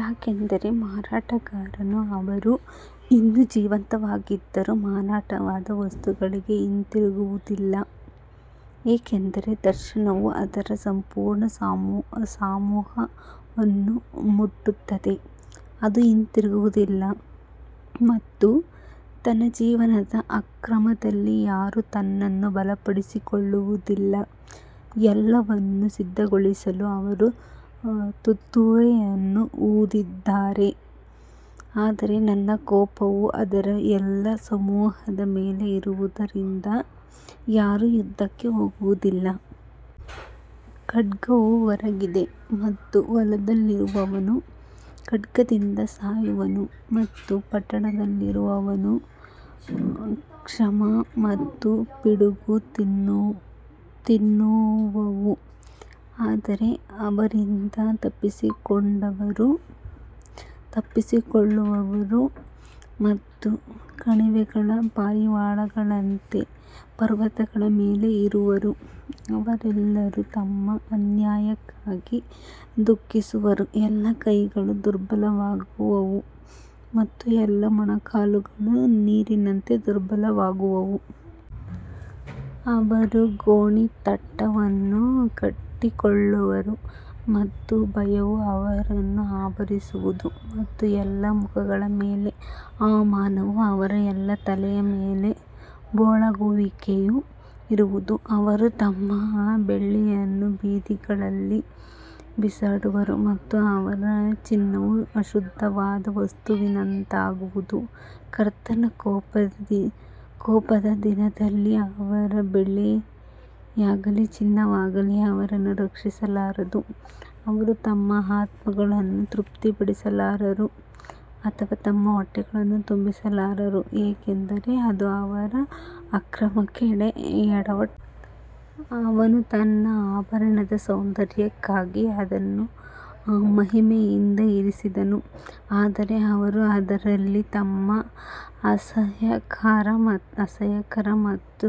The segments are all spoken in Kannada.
ಯಾಕಂದರೆ ಮಾರಾಟಗಾರನು ಅವರು ಇನ್ನೂ ಜೀವಂತವಾಗಿದ್ದರೂ ಮಾರಾಟವಾದ ವಸ್ತುಗಳಿಗೆ ಹಿಂತಿರುಗುವುದಿಲ್ಲ, ಏಕೆಂದರೆ ದರ್ಶನವು ಅದರ ಸಂಪೂರ್ಣ ಸಮೂಹವನ್ನು ಮುಟ್ಟುತ್ತದೆ, ಅದು ಹಿಂತಿರುಗುವುದಿಲ್ಲ ಮತ್ತು ತನ್ನ ಜೀವನದ ಅಕ್ರಮದಲ್ಲಿ ಯಾರೂ ತನ್ನನ್ನು ಬಲಪಡಿಸಿಕೊಳ್ಳುವುದಿಲ್ಲ. ಎಲ್ಲವನ್ನು ಸಿದ್ಧಗೊಳಿಸಲು ಅವರು ತುತ್ತೂರಿಯನ್ನು ಊದಿದ್ದಾರೆ, ಆದರೆ ನನ್ನ ಕೋಪವು ಅದರ ಎಲ್ಲಾ ಸಮೂಹದ ಮೇಲೆ ಇರುವುದರಿಂದ ಯಾರೂ ಯುದ್ಧಕ್ಕೆ ಹೋಗುವುದಿಲ್ಲ. ಖಡ್ಗವು ಹೊರಗಿದೆ ಮತ್ತು ಹೊಲದಲ್ಲಿರುವವನು ಖಡ್ಗದಿಂದ ಸಾಯುವನು ಮತ್ತು ಪಟ್ಟಣದಲ್ಲಿರುವವನನ್ನು ಕ್ಷಾಮ ಮತ್ತು ಪಿಡುಗು ತಿನ್ನುವವು. ಆದರೆ ಅವರಿಂದ ತಪ್ಪಿಸಿಕೊಂಡವರು ತಪ್ಪಿಸಿಕೊಳ್ಳುವರು ಮತ್ತು ಕಣಿವೆಗಳ ಪಾರಿವಾಳಗಳಂತೆ ಪರ್ವತಗಳ ಮೇಲೆ ಇರುವರು, ಅವರೆಲ್ಲರೂ ತಮ್ಮ ಅನ್ಯಾಯಕ್ಕಾಗಿ ದುಃಖಿಸುವರು. ಎಲ್ಲಾ ಕೈಗಳು ದುರ್ಬಲವಾಗುವವು ಮತ್ತು ಎಲ್ಲಾ ಮೊಣಕಾಲುಗಳು ನೀರಿನಂತೆ ದುರ್ಬಲವಾಗುವವು. ಅವರು ಗೋಣಿತಟ್ಟನ್ನು ಕಟ್ಟಿಕೊಳ್ಳುವರು ಮತ್ತು ಭಯವು ಅವರನ್ನು ಆವರಿಸುವದು ಮತ್ತು ಎಲ್ಲಾ ಮುಖಗಳ ಮೇಲೆ ಅವಮಾನವೂ ಅವರ ಎಲ್ಲಾ ತಲೆಯ ಮೇಲೆ ಬೋಳಾಗುವಿಕೆಯೂ ಇರುವುದು. ಅವರು ತಮ್ಮ ಬೆಳ್ಳಿಯನ್ನು ಬೀದಿಗಳಲ್ಲಿ ಬಿಸಾಡುವರು ಮತ್ತು ಅವರ ಚಿನ್ನವು ಅಶುದ್ಧವಾದ ವಸ್ತುವಿನಂತಾಗುವುದು. ಕರ್ತನ ಕೋಪದ ದಿನದಲ್ಲಿ ಅವರ ಬೆಳ್ಳಿಯಾಗಲಿ ಚಿನ್ನವಾಗಲಿ ಅವರನ್ನು ರಕ್ಷಿಸಲಾರದು, ಅವರು ತಮ್ಮ ಆತ್ಮಗಳನ್ನು ತೃಪ್ತಿಪಡಿಸಲಾರರು ಅಥವಾ ತಮ್ಮ ಹೊಟ್ಟೆಗಳನ್ನು ತುಂಬಿಸಲಾರರು, ಏಕೆಂದರೆ ಅದು ಅವರ ಅಕ್ರಮಕ್ಕೆ ಎಡವಟ್ಟಾಗಿದೆ. ಅವನು ತನ್ನ ಆಭರಣದ ಸೌಂದರ್ಯಕ್ಕಾಗಿ ಅದನ್ನು ಮಹಿಮೆಯಿಂದ ಇರಿಸಿದನು, ಆದರೆ ಅವರು ಅದರಲ್ಲಿ ತಮ್ಮ ಅಸಹ್ಯಕರ ಮತ್ತು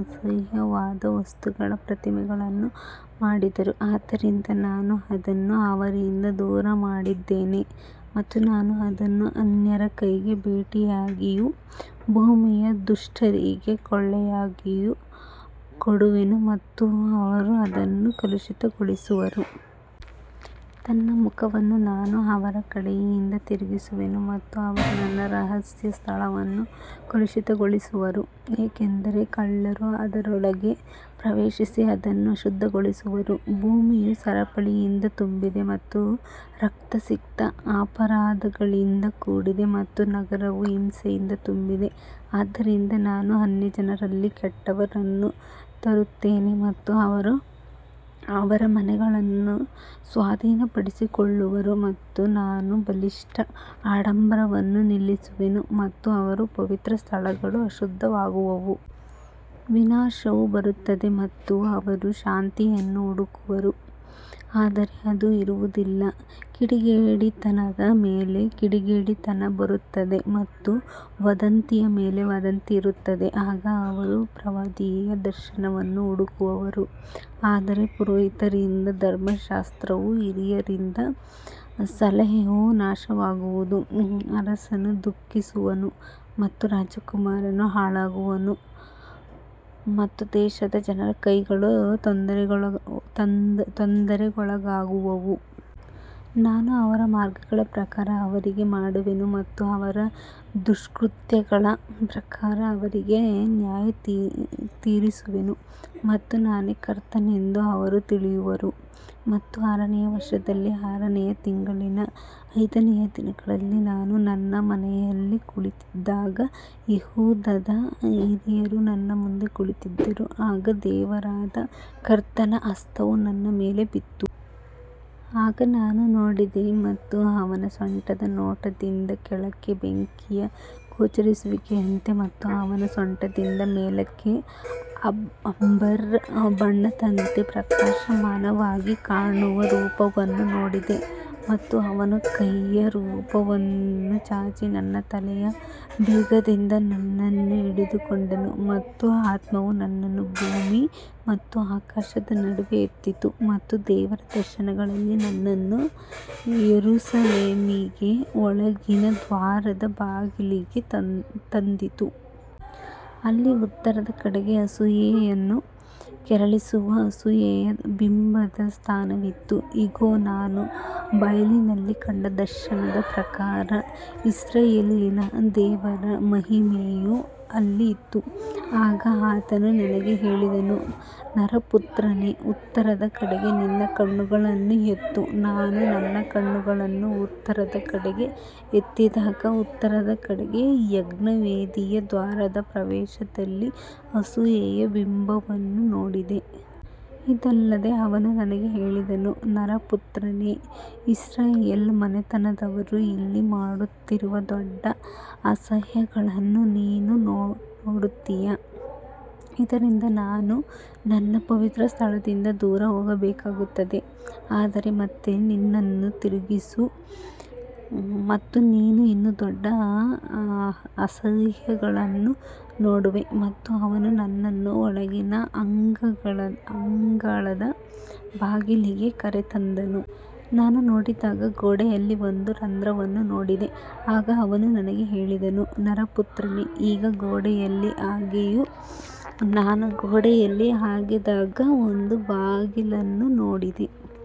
ಅಸಹ್ಯವಾದ ವಸ್ತುಗಳ ಪ್ರತಿಮೆಗಳನ್ನು ಮಾಡಿದರು, ಆದ್ದರಿಂದ ನಾನು ಅದನ್ನು ಅವರಿಂದ ದೂರಮಾಡಿದ್ದೇನೆ. ಮತ್ತು ನಾನು ಅದನ್ನು ಅನ್ಯರ ಕೈಗೆ ಬೇಟೆಯಾಗಿಯೂ ಭೂಮಿಯ ದುಷ್ಟರಿಗೆ ಕೊಳ್ಳೆಯಾಗಿಯೂ ಕೊಡುವೆನು ಮತ್ತು ಅವರು ಅದನ್ನು ಕಲುಷಿತಗೊಳಿಸುವರು. ನನ್ನ ಮುಖವನ್ನು ನಾನು ಅವರ ಕಡೆಯಿಂದ ತಿರುಗಿಸುವೆನು ಮತ್ತು ಅವರು ನನ್ನ ರಹಸ್ಯ ಸ್ಥಳವನ್ನು ಕಲುಷಿತಗೊಳಿಸುವರು, ಏಕೆಂದರೆ ಕಳ್ಳರು ಅದರೊಳಗೆ ಪ್ರವೇಶಿಸಿ ಅದನ್ನು ಅಶುದ್ಧಗೊಳಿಸುವರು. ಭೂಮಿಯು ಸರಪಳಿಯಿಂದ ತುಂಬಿದೆ ಮತ್ತು ರಕ್ತಸಿಕ್ತ ಅಪರಾಧಗಳಿಂದ ಕೂಡಿದೆ ಮತ್ತು ನಗರವು ಹಿಂಸೆಯಿಂದ ತುಂಬಿದೆ. ಆದ್ದರಿಂದ ನಾನು ಅನ್ಯಜನರಲ್ಲಿ ಕೆಟ್ಟವರನ್ನು ತರುತ್ತೇನೆ ಮತ್ತು ಅವರು ಅವರ ಮನೆಗಳನ್ನು ಸ್ವಾಧೀನಪಡಿಸಿಕೊಳ್ಳುವರು ಮತ್ತು ನಾನು ಬಲಿಷ್ಠರ ಆಡಂಬರವನ್ನು ನಿಲ್ಲಿಸುವೆನು ಮತ್ತು ಅವರ ಪವಿತ್ರ ಸ್ಥಳಗಳು ಅಶುದ್ಧವಾಗುವವು. ವಿನಾಶವು ಬರುತ್ತದೆ ಮತ್ತು ಅವರು ಶಾಂತಿಯನ್ನು ಹುಡುಕುವರು ಆದರೆ ಅದು ಇರುವುದಿಲ್ಲ. ಕಿಡಿಗೇಡಿತನದ ಮೇಲೆ ಕಿಡಿಗೇಡಿತನ ಬರುತ್ತದೆ ಮತ್ತು ವದಂತಿಯ ಮೇಲೆ ವದಂತಿ ಇರುತ್ತದೆ. ಆಗ ಅವರು ಪ್ರವಾದಿಯ ದರ್ಶನವನ್ನು ಹುಡುಕುವರು, ಆದರೆ ಪುರೋಹಿತರಿಂದ ಧರ್ಮಶಾಸ್ತ್ರವೂ ಹಿರಿಯರಿಂದ ಸಲಹೆಯೂ ನಾಶವಾಗುವುದು. ಅರಸನು ದುಃಖಿಸುವನು ಮತ್ತು ರಾಜಕುಮಾರನು ಹಾಳಾಗುವನು ಮತ್ತು ದೇಶದ ಜನರ ಕೈಗಳು ತೊಂದರೆಗೊಳಗಾಗುವವು. ನಾನು ಅವರ ಮಾರ್ಗಗಳ ಪ್ರಕಾರ ಅವರಿಗೆ ಮಾಡುವೆನು ಮತ್ತು ಅವರ ದುಷ್ಕೃತ್ಯಗಳ ಪ್ರಕಾರ ಅವರಿಗೆ ನ್ಯಾಯತೀರಿಸುವೆನು ಮತ್ತು ನಾನೇ ಕರ್ತನೆಂದು ಅವರು ತಿಳಿಯುವರು. ಮತ್ತು ಆರನೆಯ ವರ್ಷದಲ್ಲಿ ಆರನೆಯ ತಿಂಗಳಿನ ಐದನೆಯ ದಿನದಲ್ಲಿ ನಾನು ನನ್ನ ಮನೆಯಲ್ಲಿ ಕುಳಿತಿದ್ದಾಗ ಯೆಹೂದದ ಹಿರಿಯರು ನನ್ನ ಮುಂದೆ ಕುಳಿತಿದ್ದರು, ಆಗ ದೇವರಾದ ಕರ್ತನ ಹಸ್ತವು ನನ್ನ ಮೇಲೆ ಬಿತ್ತು. ಆಗ ನಾನು ನೋಡಿದೆ ಮತ್ತು ಅವನ ಸೊಂಟದ ನೋಟದಿಂದ ಕೆಳಕ್ಕೆ ಬೆಂಕಿಯ ಗೋಚರಿಸುವಿಕೆಯಂತೆ ಮತ್ತು ಅವನ ಸೊಂಟದಿಂದ ಮೇಲಕ್ಕೆ ಅಂಬರ್ ಬಣ್ಣದಂತೆ ಪ್ರಕಾಶಮಾನವಾಗಿ ಕಾಣುವ ರೂಪವನ್ನು ನೋಡಿದೆ. ಮತ್ತು ಅವನು ಕೈಯ ರೂಪವನ್ನು ಚಾಚಿ ನನ್ನ ತಲೆಯ ಬೀಗದಿಂದ ನನ್ನನ್ನು ಹಿಡಿದುಕೊಂಡನು ಮತ್ತು ಆತ್ಮವು ನನ್ನನ್ನು ಭೂಮಿ ಮತ್ತು ಆಕಾಶದ ನಡುವೆ ಎತ್ತಿತು ಮತ್ತು ದೇವರ ದರ್ಶನಗಳಲ್ಲಿ ನನ್ನನ್ನು ಯೆರೂಸಲೇಮಿಗೆ ಒಳಗಿನ ದ್ವಾರದ ಬಾಗಿಲಿಗೆ ತಂದಿತು. ಅಲ್ಲಿ ಉತ್ತರದ ಕಡೆಗೆ ಅಸೂಯೆಯನ್ನು ಕೆರಳಿಸುವ ಅಸೂಯೆಯ ಬಿಂಬದ ಸ್ಥಾನವಿತ್ತು. ಇಗೋ, ನಾನು ಬಯಲಿನಲ್ಲಿ ಕಂಡ ದರ್ಶನದ ಪ್ರಕಾರ ಇಸ್ರಾಯೇಲಿನ ದೇವರ ಮಹಿಮೆಯು ಅಲ್ಲಿ ಇತ್ತು. ಆಗ ಆತನು ನನಗೆ ಹೇಳಿದನು, ನರಪುತ್ರನೇ, ಉತ್ತರದ ಕಡೆಗೆ ನಿನ್ನ ಕಣ್ಣುಗಳನ್ನು ಎತ್ತು. ನಾನು ನನ್ನ ಕಣ್ಣುಗಳನ್ನು ಉತ್ತರದ ಕಡೆಗೆ ಎತ್ತಿದಾಗ, ಉತ್ತರದ ಕಡೆಗೆ ಯಜ್ಞವೇದಿಯ ದ್ವಾರದ ಪ್ರವೇಶದಲ್ಲಿ ಅಸೂಯೆಯ ಬಿಂಬವನ್ನು ನೋಡಿದೆ. ಇದಲ್ಲದೆ ಅವನು ನನಗೆ ಹೇಳಿದನು, ನರಪುತ್ರನೇ, ಇಸ್ರಾಯೇಲ್ ಮನೆತನದವರು ಇಲ್ಲಿ ಮಾಡುತ್ತಿರುವ ದೊಡ್ಡ ಅಸಹ್ಯಗಳನ್ನು ನೀನು ನೋಡುತ್ತೀಯಾ, ಇದರಿಂದ ನಾನು ನನ್ನ ಪವಿತ್ರಸ್ಥಳದಿಂದ ದೂರ ಹೋಗಬೇಕಾಗುತ್ತದೆ. ಆದರೆ ಮತ್ತೆ ನಿನ್ನನ್ನು ತಿರುಗಿಸು ಮತ್ತು ನೀನು ಇನ್ನೂ ದೊಡ್ಡ ಅಸಹ್ಯಗಳನ್ನು ನೋಡುವೆ. ಮತ್ತು ಅವನು ನನ್ನನ್ನು ಒಳಗಿನ ಅಂಗಳದ ಬಾಗಿಲಿಗೆ ಕರೆತಂದನು. ನಾನು ನೋಡಿದಾಗ ಗೋಡೆಯಲ್ಲಿ ಒಂದು ರಂಧ್ರವನ್ನು ನೋಡಿದೆ. ಆಗ ಅವನು ನನಗೆ ಹೇಳಿದನು, ನರಪುತ್ರನೇ, ಈಗ ಗೋಡೆಯಲ್ಲಿ ಅಗೆಯು. ನಾನು ಗೋಡೆಯಲ್ಲಿ ಅಗೆದಾಗ ಒಂದು ಬಾಗಿಲನ್ನು ನೋಡಿದೆ.